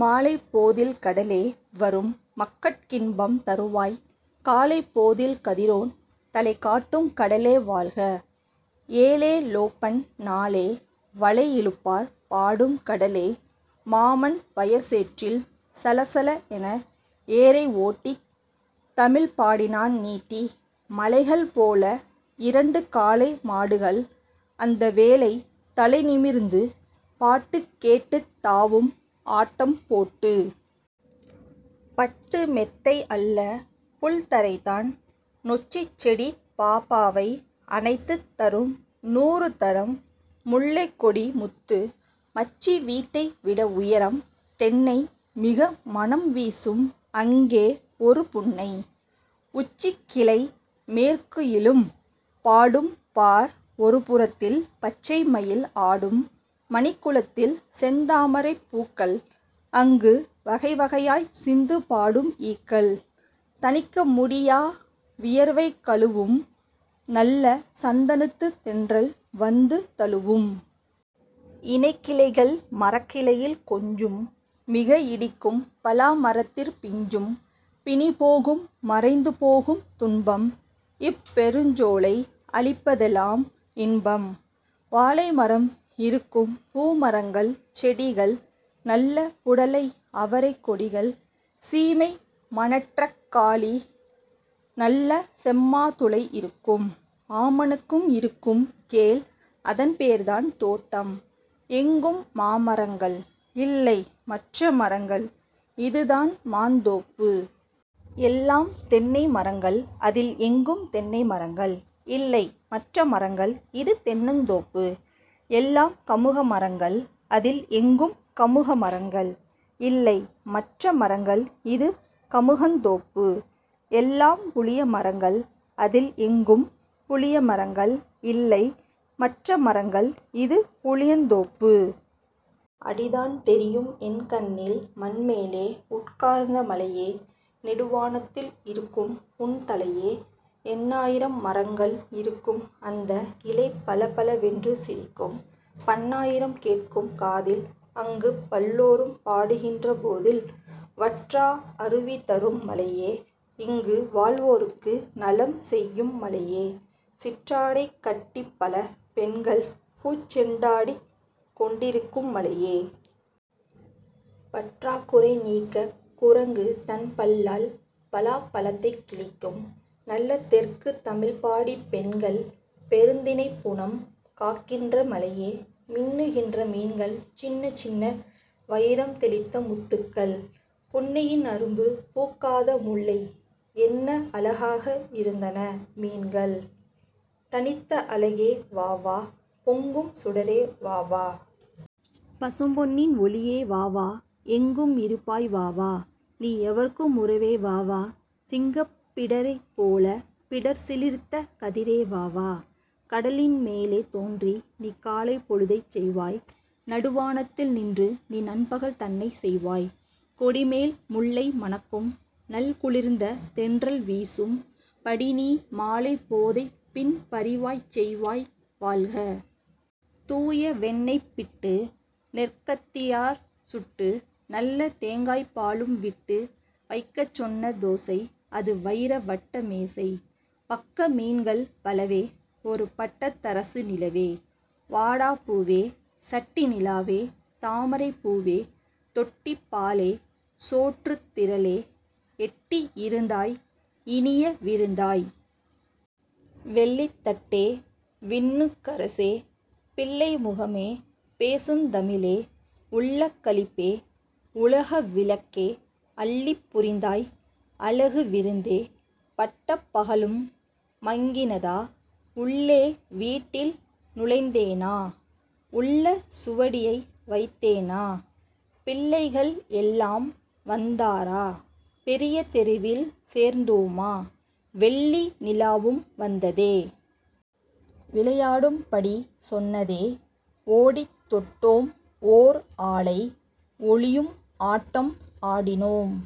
மாலைப் போதில் கடலே வரும்। மக்கட் கின்பம் தருவாய். காலைப் போதில் கதிரோன் தலை காட்டும் கடலே வாழ்க! ஏலே லோப்பண் ணாலே வலை இழுப்பார் பாடும் கடலே! மாமன் வயற் சேற்றில் சலசல என ஏரை ஓட்டித் தமிழ் பாடினான் நீட்டி! மலைகள் போல இரண்டு காளை மாடுகள் அந்த வேளை தலைநிமிர்ந்து பாட்டுக் கேட்டுத் தாவும் ஆட்டம் போட்டு! பட்டுமெத்தை அல்லபுல்த ரைதான்! நொச்சிச்செடிப் பாப்பாவை அணைத்துத் தரும் நூறுதரம் முல்லைக்கொடி முத்து! மச்சிவீட்டை விடஉயரம் தென்னை மிக மணம்வீசும் அங்கே ஒரு புன்னை! உச்சிக்கிளை மேற்குயிலும் பாடும் பார் ஒருபுறத்தில் பச்சைமயில் ஆடும். மணிக்குளத்தில் செந்தாமரைப் பூக்கள்-அங்கு வகைவகையாய்ச் சிந்துபாடும் ஈக்கள்! தணிக்கமுடி யாவியர்வைகழுவும்-நல்ல சந்தனத்துத் தென்றல் வந்து தழுவும்! இணைக்கிளைகள் மரக்கிளையில் கொஞ்சும்-மிக இடிக்கும் பலா மரத்திற் பிஞ்சும்! பிணிபோகும் மறைந்துபோகும் துன்பம்-இப் பெருஞ்சோலை அளிப்பதெலாம் இன்பம்! வாழைமரம் இருக்கும். பூமரங்கள் செடிகள்-நல்ல புடலை அவரைக் கொடிகள், சீமைமணற்றக் காளி-நல்ல செம்மாதுளை இருக்கும். ஆமணக்கும் இருக்கும் கேள் அதன் பேர்தான் தோட்டம். எங்கும் மாமரங்கள்; இல்லை மற்ற மரங்கள் இதுதான் மாந் தோப்பு. எல்லாம் தென்னை மரங்கள்- அதில் எங்கும் தென்னை மரங்கள்; இல்லை மற்ற மரங்கள் இது தென்னந் தோப்பு. எல்லாம் கமுக மரங்கள்- அதில் எங்கும் கமுக மரங்கள்; இல்லை மற்ற மரங்கள் இது கமுகந் தோப்பு. எல்லாம் புளிய மரங்கள்- அதில் எங்கும் புளிய மரங்கள்; இல்லை மற்ற மரங்கள் இது புளியந் தோப்பு. அடிதான் தெரியும்என் கண்ணில். மண்மேலே உட்கார்ந்த மலையே! -நெடு வானத்தில் இருக்கும்உன் தலையே! எண்ணாயி ரம்மரங்கள் இருக்கும் அந்த இலைபள பளவென்று சிரிக்கும். பண்ணாயிரம் கேட்கும் காதில்-அங்குப் பல்லோரும் பாடுகின்ற போதில். வற்றா அருவிதரும் மலையே! -இங்கு வாழ்வோர்க்கு நலம் செய்யும் மலையே! சிற்றாடை கட்டிப்பல பெண்கள்-பூச் செண்டாடிக் கொண்டிருக்கும் மலையே! பற்றாக் குறை நீக்கக் குரங்கு-தன் பல்லால் பலாப்பழத்தைக் கிழிக்கும்-நல்ல தெற்குத் தமிழ்பாடிப் பெண்கள்-பெருந் தினைப்புனம் காக்கின்ற மலையே! மின்னுகின்ற மீன்கள் சின்ன சின்ன வயிரம் தௌித்தமுத் துக்கள் புன்னையின் அரும்பு பூக்காத முல்லை என்ன அழ காக இருந்தன மீன்கள்! தனித்த அழகே வாவா! பொங்கும் சுடரே வாவா! -பசும் பொன்னின் ஒளியே வாவா! எங்கும் இருப்பாய் வாவா! நீ எவர்க்கும் உறவே வாவா! சிங்கப் பிடரைப்போல-பிடர் சிலிர்த்த கதிரே வாவா! கடலின் மேலே தோன்றி-நீ காலைப் பொழுதைச் செய்வாய். நடுவா னத்தில் நின்று நீ நண்பகல் தன்னைச் செய்வாய். கொடிமேல் முல்லைம ணக்கும் நல் குளிர்ந்த தென்றல் வீசும் படிநீ மாலைப் போதைப்-பின் பரிவாய்ச் செய்வாய் வாழ்க. தூய வெண்ணைய்ப் பிட்டு! தெற்கத்தியார் சுட்டு-நல்ல தேங்காய்ப் பாலும் விட்டு வைக்கச் சொன்ன தோசை-அது வயிர வட்ட மேசை! பக்க மீன்கள் பலவே-ஒரு பட்டத் தரசு நிலவே. வாடாப் பூவே! சட்டிநி லாவே! தாமரைப் பூவே! தொட்டிப் பாலே! சோற்றுத் திரளே! எட்டிஇ ருந்தாய் இனியவி ருந்தாய். வெள்ளித் தட்டே! விண்ணுக் கரசே! பிள்ளை முகமே! பேசுந் தமிழே! உள்ளக் களிப்பே! உலக விளக்கே! அள்ளிப் புரிந்தாய் அழகு விருந்தே. பட்டப் பகலும் மங்கினதா? உள்ளே வீட்டில் நுழைந்தேனா? உள்ள சுவடியை வைத்தேனா? பிள்ளைகள் எல்லாம் வந்தாரா? பெரிய தெருவில் சேர்ந்தோமா? வெள்ளி நிலாவும் வந்ததே! விளையா டும்படி சொன்னதே! ஓடித் தொட்டோம் ஓர் ஆளை! ஒளியும் ஆட்டம் ஆடினோம்!